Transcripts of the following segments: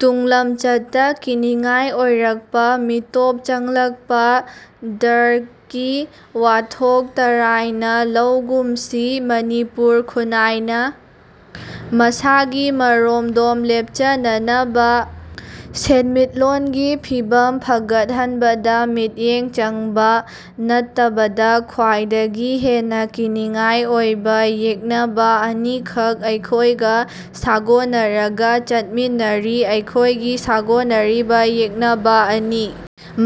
ꯇꯨꯡꯂꯝꯆꯠꯇ ꯀꯤꯅꯤꯉꯥꯏ ꯑꯣꯏꯔꯛꯄ ꯃꯤꯇꯣꯞ ꯆꯪꯂꯛꯄ, ꯗ꯭ꯔꯒꯀꯤ ꯋꯥꯊꯣꯛ ꯇꯔꯥꯏꯅ ꯂꯧꯒꯨꯝꯁꯤ ꯃꯅꯤꯄꯨꯔꯤ ꯈꯨꯟꯅꯥꯏꯅ ꯃꯁꯥꯒꯤ ꯃꯔꯣꯝꯗꯣꯝ ꯂꯦꯞꯆꯅꯅꯕ ꯁꯦꯟꯃꯤꯠꯂꯣꯟꯒꯤ ꯐꯤꯚꯝ ꯐꯒꯠꯍꯟꯕꯗ ꯃꯤꯠꯌꯦꯡ ꯆꯪꯕ ꯅꯠꯇꯕꯗ ꯈ꯭ꯋꯥꯏꯗꯒꯤ ꯍꯦꯟꯅ ꯀꯤꯅꯤꯉꯥꯏ ꯑꯣꯏꯕ ꯌꯦꯛꯅꯕ ꯑꯅꯤꯈꯛ ꯑꯩꯈꯣꯏꯒ ꯁꯥꯒꯣꯟꯅꯔꯒ ꯆꯠꯃꯤꯟꯅꯔꯤ ꯑꯩꯈꯣꯏꯒꯤ ꯁꯥꯒꯣꯟꯅꯔꯤꯕ ꯌꯦꯛꯅꯕ ꯑꯅꯤ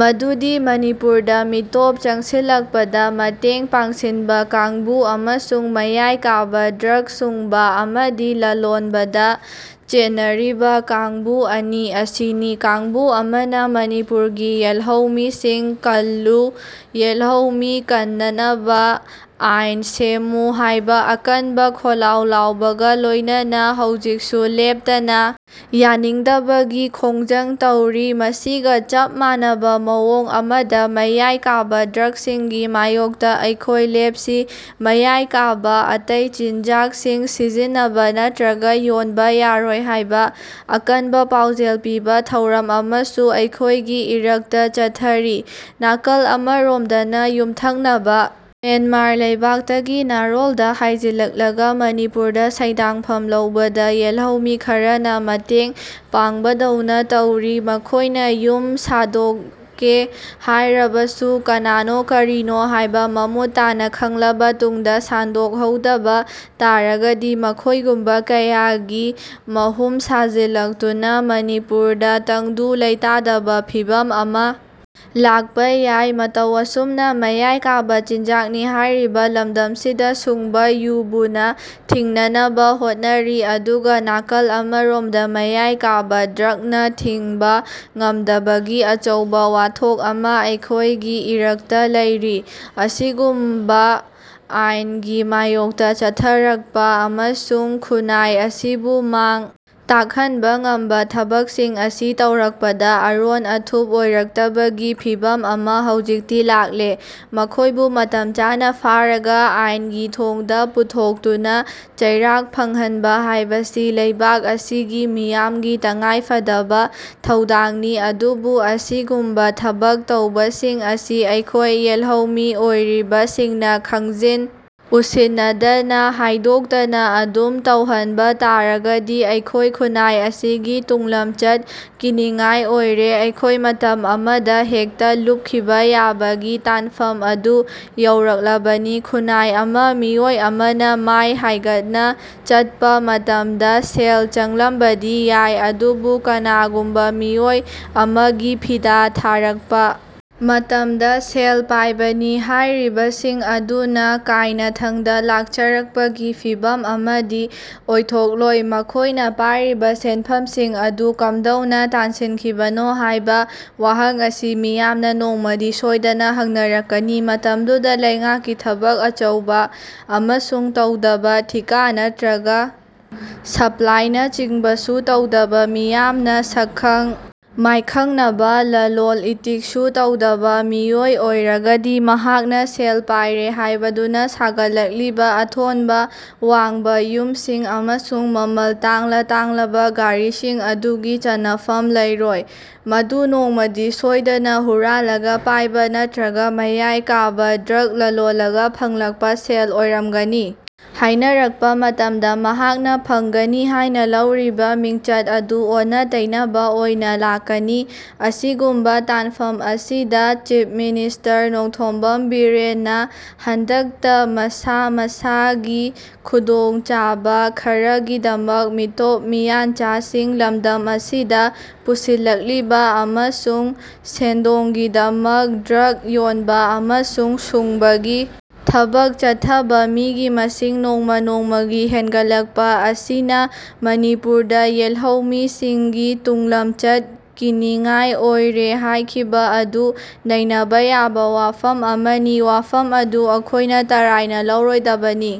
ꯑꯗꯨꯗꯤ ꯃꯅꯤꯄꯨꯔꯗ ꯃꯤꯇꯣꯞ ꯆꯪꯁꯤꯜꯂꯛꯄꯗ ꯃꯇꯦꯡ ꯄꯥꯡꯁꯤꯟꯕ ꯀꯥꯡꯕꯨ ꯑꯃꯁꯨꯡ ꯃꯌꯥꯏ ꯀꯥꯕ ꯗ꯭ꯔꯒ ꯁꯨꯡꯕ ꯑꯃꯗꯤ ꯂꯂꯣꯟꯕꯗ ꯆꯦꯟꯅꯔꯤꯕ ꯀꯥꯡꯕꯨ ꯑꯅꯤ ꯑꯁꯤꯅꯤ꯫ꯀꯥꯡꯕꯨ ꯑꯃꯅ ꯃꯅꯤꯄꯨꯔꯒꯤ ꯌꯦꯜꯍꯧꯃꯤꯁꯤꯡ ꯀꯜꯂꯨ, ꯌꯦꯜꯍꯧꯃꯤ ꯀꯟꯅꯅꯕ ꯑꯥꯏꯟ ꯁꯦꯝꯃꯨ ꯍꯥꯏꯕ ꯑꯀꯟꯕ ꯈꯣꯜꯂꯥꯎ ꯂꯥꯎꯕꯒ ꯂꯣꯏꯅꯅ ꯍꯧꯖꯤꯛꯁꯨ ꯂꯦꯞꯇꯅ ꯌꯥꯅꯤꯡꯗꯕꯒꯤ ꯈꯣꯡꯖꯪ ꯇꯧꯔꯤ꯫ꯃꯁꯤꯒ ꯆꯞ ꯃꯥꯟꯅꯕ ꯃꯑꯣꯡ ꯑꯃꯗ ꯃꯌꯥꯏ ꯀꯥꯕ ꯗ꯭ꯔꯒꯁꯤꯡꯒꯤ ꯃꯥꯌꯣꯛꯇ ꯑꯩꯈꯣꯏ ꯂꯦꯞꯁꯤ, ꯃꯌꯥꯏ ꯀꯥꯕ ꯑꯇꯩ ꯆꯤꯟꯖꯥꯛꯁꯤꯡ ꯁꯤꯖꯤꯟꯅꯕ ꯅꯠꯇ꯭ꯔꯒ ꯌꯣꯟꯕ ꯌꯥꯔꯣꯏ ꯍꯥꯏꯕ ꯑꯀꯟꯕ ꯄꯥꯎꯖꯦꯜ ꯄꯤꯕ ꯊꯧꯔꯝ ꯑꯃꯁꯨ ꯑꯩꯈꯣꯏꯒꯤ ꯏꯔꯛꯇ ꯆꯠꯊꯔꯤ꯫ ꯅꯥꯀꯜ ꯑꯃꯔꯣꯝꯗꯅ ꯌꯨꯝꯊꯪꯅꯕ ꯃ꯭ꯌꯥꯟꯃꯥꯔ ꯂꯩꯕꯥꯛꯇꯒꯤ ꯅꯥꯔꯣꯟꯗ ꯍꯥꯏꯖꯤꯜꯂꯛꯂꯒ ꯃꯅꯤꯄꯨꯔꯗ ꯁꯩꯗꯥꯡꯐꯝ ꯂꯧꯕꯗ ꯌꯦꯜꯍꯧꯃꯤ ꯈꯔꯅ ꯃꯇꯦꯡ ꯄꯥꯡꯕꯗꯧꯅ ꯇꯧꯔꯤ꯫ꯃꯈꯣꯏꯅ ꯌꯨꯝ ꯁꯥꯟꯗꯣꯛꯀꯦ ꯍꯥꯏꯔꯕꯁꯨ ꯀꯅꯥꯅꯣ ꯀꯔꯤꯅꯣ ꯍꯥꯏꯕ ꯃꯃꯨꯠ ꯇꯥꯅ ꯈꯪꯂꯕ ꯇꯨꯡꯗ ꯁꯥꯟꯗꯣꯛꯍꯧꯗꯕ ꯇꯥꯔꯒꯗꯤ ꯃꯈꯣꯏꯒꯨꯝꯕ ꯀꯌꯥꯒꯤ ꯃꯍꯨꯝ ꯁꯥꯖꯤꯜꯂꯛꯇꯨꯅ ꯃꯅꯤꯄꯨꯔꯗ ꯇꯪꯗꯨ ꯂꯩꯇꯥꯗꯕ ꯐꯤꯚꯝ ꯑꯃ ꯂꯥꯛꯄ ꯌꯥꯏ꯫ꯃꯇꯧ ꯑꯁꯨꯝꯅ ꯃꯌꯥꯏ ꯀꯥꯕ ꯆꯤꯟꯖꯥꯛꯅꯤ ꯍꯥꯏꯔꯤꯕ ꯂꯝꯗꯝꯁꯤꯗ ꯁꯨꯡꯕ ꯌꯨꯕꯨꯅ ꯊꯤꯡꯅꯅꯕ ꯍꯣꯠꯅꯔꯤ, ꯑꯗꯨꯒ ꯅꯥꯀꯜ ꯑꯃꯔꯣꯝꯗꯅ ꯃꯌꯥꯏ ꯀꯥꯕ ꯗ꯭ꯔꯒꯅ ꯊꯤꯡꯕ ꯉꯝꯗꯕꯒꯤ ꯑꯆꯧꯕ ꯋꯥꯊꯣꯛ ꯑꯃ ꯑꯩꯈꯣꯏꯒꯤ ꯏꯔꯛꯇ ꯂꯩꯔꯤ꯫ꯑꯁꯤꯒꯨꯝꯕ ꯑꯜꯥꯥꯏꯟꯒꯤ ꯃꯥꯌꯣꯛꯇ ꯆꯠꯊꯔꯛꯄ ꯑꯃꯁꯨꯡ ꯈꯨꯟꯅꯥꯏ ꯑꯁꯤꯕꯨ ꯃꯥꯡ ꯇꯥꯛꯍꯟꯕ ꯉꯝꯕ ꯊꯕꯛꯁꯤꯡ ꯑꯁꯤ ꯇꯧꯔꯛꯄꯗ ꯑꯔꯣꯟ ꯑꯊꯨꯞ ꯑꯣꯏꯔꯛꯇꯕꯒꯤꯐꯤꯚꯝ ꯑꯃ ꯍꯧꯖꯤꯛꯇꯤ ꯂꯥꯛꯂꯦ꯫ꯃꯈꯣꯏꯕꯨ ꯃꯇꯝ ꯆꯥꯅ ꯐꯥꯔꯒ ꯑꯥꯏꯟꯒꯤ ꯊꯣꯡꯗ ꯄꯨꯊꯣꯛꯇꯨꯅ ꯆꯩꯔꯥꯛ ꯐꯪꯍꯟꯕ ꯍꯥꯏꯕꯁꯤ ꯂꯩꯕꯥꯛ ꯑꯁꯤꯒꯤ ꯃꯤꯌꯥꯝꯒꯤ ꯇꯉꯥꯏꯐꯗꯕ ꯊꯧꯗꯥꯡꯅꯤ꯫ꯑꯗꯨꯕꯨ ꯑꯁꯤꯒꯨꯝꯕ ꯊꯕꯛ ꯇꯧꯕꯁꯤꯡ ꯑꯁꯤ ꯑꯩꯈꯣꯏ ꯌꯦꯜꯍꯧꯃꯤ ꯑꯣꯏꯔꯤꯕꯁꯤꯡꯅ ꯈꯪꯖꯤꯟ ꯎꯁꯤꯟꯅꯗꯅ, ꯍꯥꯏꯗꯣꯛꯇꯅ ꯑꯗꯨꯝ ꯇꯧꯍꯟꯕ ꯇꯥꯔꯒꯗꯤ ꯑꯩꯈꯣꯏ ꯈꯨꯟꯅꯥꯏ ꯑꯁꯤꯒꯤ ꯇꯨꯡꯂꯝꯆꯠ ꯀꯤꯅꯤꯉꯥꯏ ꯑꯣꯏꯔꯦ꯫ꯑꯩꯈꯣꯏ ꯃꯇꯝ ꯑꯃꯗ ꯍꯦꯛꯇ ꯂꯨꯞꯈꯤꯕ ꯌꯥꯕꯒꯤ ꯇꯥꯟꯐꯝ ꯑꯗꯨ ꯌꯧꯔꯛꯂꯕꯅꯤ꯫ꯈꯨꯟꯅꯥꯏ ꯑꯃ ꯃꯤꯑꯣꯏ ꯑꯃꯅ ꯃꯥꯏ ꯍꯥꯏꯒꯠꯅ ꯆꯠꯄꯃꯇꯝꯗ ꯁꯦꯜ ꯆꯪꯂꯝꯕꯗꯤ ꯌꯥꯏ꯫ꯑꯗꯨꯕꯨ ꯀꯅꯥꯒꯨꯝꯕ ꯃꯤꯑꯣꯏ ꯑꯃꯒꯤ ꯐꯤꯗꯥ ꯊꯥꯔꯛꯄ ꯃꯇꯝꯗ ꯁꯦꯜ ꯄꯥꯏꯕꯅꯤ ꯍꯥꯏꯔꯤꯕꯁꯤꯡ ꯑꯗꯨꯅ ꯀꯥꯏꯅꯊꯪꯗ ꯂꯥꯛꯆꯔꯛꯄꯒꯤ ꯐꯤꯚꯝ ꯑꯃꯗꯤ ꯑꯣꯏꯊꯣꯛꯂꯣꯏ꯫ꯃꯈꯣꯏꯅ ꯄꯥꯏꯔꯤꯕ ꯁꯦꯟꯐꯝꯁꯤꯡ ꯑꯗꯨ ꯀꯝꯗꯧꯅ ꯇꯥꯟꯁꯤꯟꯈꯤꯕꯅꯣ ꯍꯥꯏꯕ ꯋꯥꯍꯪ ꯑꯁꯤ ꯃꯤꯌꯥꯝꯅ ꯅꯣꯡꯃꯗꯤ ꯁꯣꯏꯗꯅ ꯍꯪꯅꯔꯛꯀꯅꯤ꯫ꯃꯇꯝꯗꯨꯗ ꯂꯩꯉꯥꯛꯀꯤ ꯊꯕꯛ ꯑꯆꯧꯕ ꯑꯃꯁꯨ ꯇꯧꯗꯕ, ꯊꯤꯀꯥ ꯅꯠꯇ꯭ꯔꯒ ꯁꯄ꯭ꯂꯥꯏꯅꯆꯤꯡꯕꯁꯨ ꯇꯧꯗꯕ, ꯃꯤꯌꯥꯝꯅ ꯁꯛꯈꯪ ꯃꯥꯏꯈꯪꯅꯕ ꯂꯂꯣꯟ ꯏꯇꯤꯛꯁꯨ ꯇꯧꯗꯕ ꯃꯤꯑꯣꯏ ꯑꯣꯏꯔꯒꯗꯤ ꯃꯍꯥꯛꯅ ꯁꯦꯜ ꯄꯥꯏꯔꯦ ꯍꯥꯏꯕꯗꯨꯅ ꯁꯥꯒꯠꯂꯛꯂꯤꯕ ꯑꯊꯣꯟꯕ ꯋꯥꯡꯕ ꯌꯨꯝꯁꯤꯡ ꯑꯃꯁꯨꯡ ꯃꯃꯜ ꯇꯥꯡꯂ-ꯇꯥꯡꯂꯕ ꯒꯥꯔꯤꯁꯤꯡ ꯑꯗꯨꯒꯤ ꯆꯟꯅꯐꯝ ꯂꯩꯔꯣꯏ꯫ꯃꯗꯨ ꯅꯣꯡꯃꯗꯤ ꯁꯣꯏꯗꯅ ꯍꯨꯔꯥꯜꯂꯒ ꯄꯥꯏꯕ ꯅꯠꯇ꯭ꯔꯒ ꯃꯌꯥꯏ ꯀꯥꯕ ꯗ꯭ꯔꯒ ꯂꯂꯣꯜꯂꯒ ꯐꯪꯂꯛꯄ ꯁꯦꯜ ꯑꯣꯏꯔꯝꯒꯅꯤ ꯍꯥꯏꯅꯔꯛꯄ ꯃꯇꯝꯗ ꯃꯍꯥꯛꯅ ꯐꯪꯒꯅꯤ ꯍꯥꯏꯅ ꯂꯧꯔꯤꯕ ꯃꯤꯡꯆꯠ ꯑꯗꯨ ꯑꯣꯟꯅ-ꯇꯩꯅꯕ ꯑꯣꯏꯅ ꯂꯥꯛꯀꯅꯤ꯫ꯑꯁꯤꯒꯨꯝꯕ ꯇꯥꯟꯐꯝ ꯑꯁꯤꯗ ꯆꯤꯐ ꯃꯤꯅꯤꯁꯇꯔ ꯅꯣꯡꯊꯣꯝꯕꯝ ꯕꯤꯔꯦꯟꯅ ꯍꯟꯗꯛꯇ ꯃꯁꯥ ꯃꯁꯥꯒꯤ ꯈꯨꯗꯣꯡꯆꯥꯕ ꯈꯔꯒꯤꯗꯃꯛ ꯃꯤꯇꯣꯞ ꯃꯤꯌꯥꯟꯆꯥꯁꯤꯡ ꯂꯝꯗꯝ ꯑꯁꯤꯗ ꯄꯨꯁꯤꯜꯂꯛꯂꯤꯕ ꯑꯃꯁꯨꯡ ꯁꯦꯟꯗꯣꯡꯒꯤꯗꯃꯛ ꯗ꯭ꯔꯒ ꯌꯣꯟꯕ ꯑꯃꯁꯨꯡ ꯁꯨꯡꯕꯒꯤ ꯊꯕꯛ ꯆꯠꯊꯕ ꯃꯤꯒꯤ ꯃꯁꯤꯡ ꯅꯣꯡꯃ ꯅꯣꯡꯃꯒꯤ ꯍꯦꯟꯒꯠꯂꯛꯄ ꯑꯁꯤꯅꯃꯅꯤꯄꯨꯔꯗ ꯌꯦꯜꯍꯧꯃꯤꯁꯤꯡꯒꯤ ꯇꯨꯡꯂꯝꯆꯠ ꯀꯤꯅꯤꯉꯥꯏ ꯑꯣꯏꯔꯦ ꯍꯥꯏꯈꯤꯕ ꯑꯗꯨ ꯅꯩꯅꯕ ꯌꯥꯕ ꯋꯥꯐꯝ ꯑꯃꯅꯤ꯫ꯋꯥꯐꯝ ꯑꯗꯨ ꯑꯩꯈꯣꯏꯅ ꯇꯔꯥꯏꯅ ꯂꯧꯔꯣꯏꯗꯕꯅꯤ꯫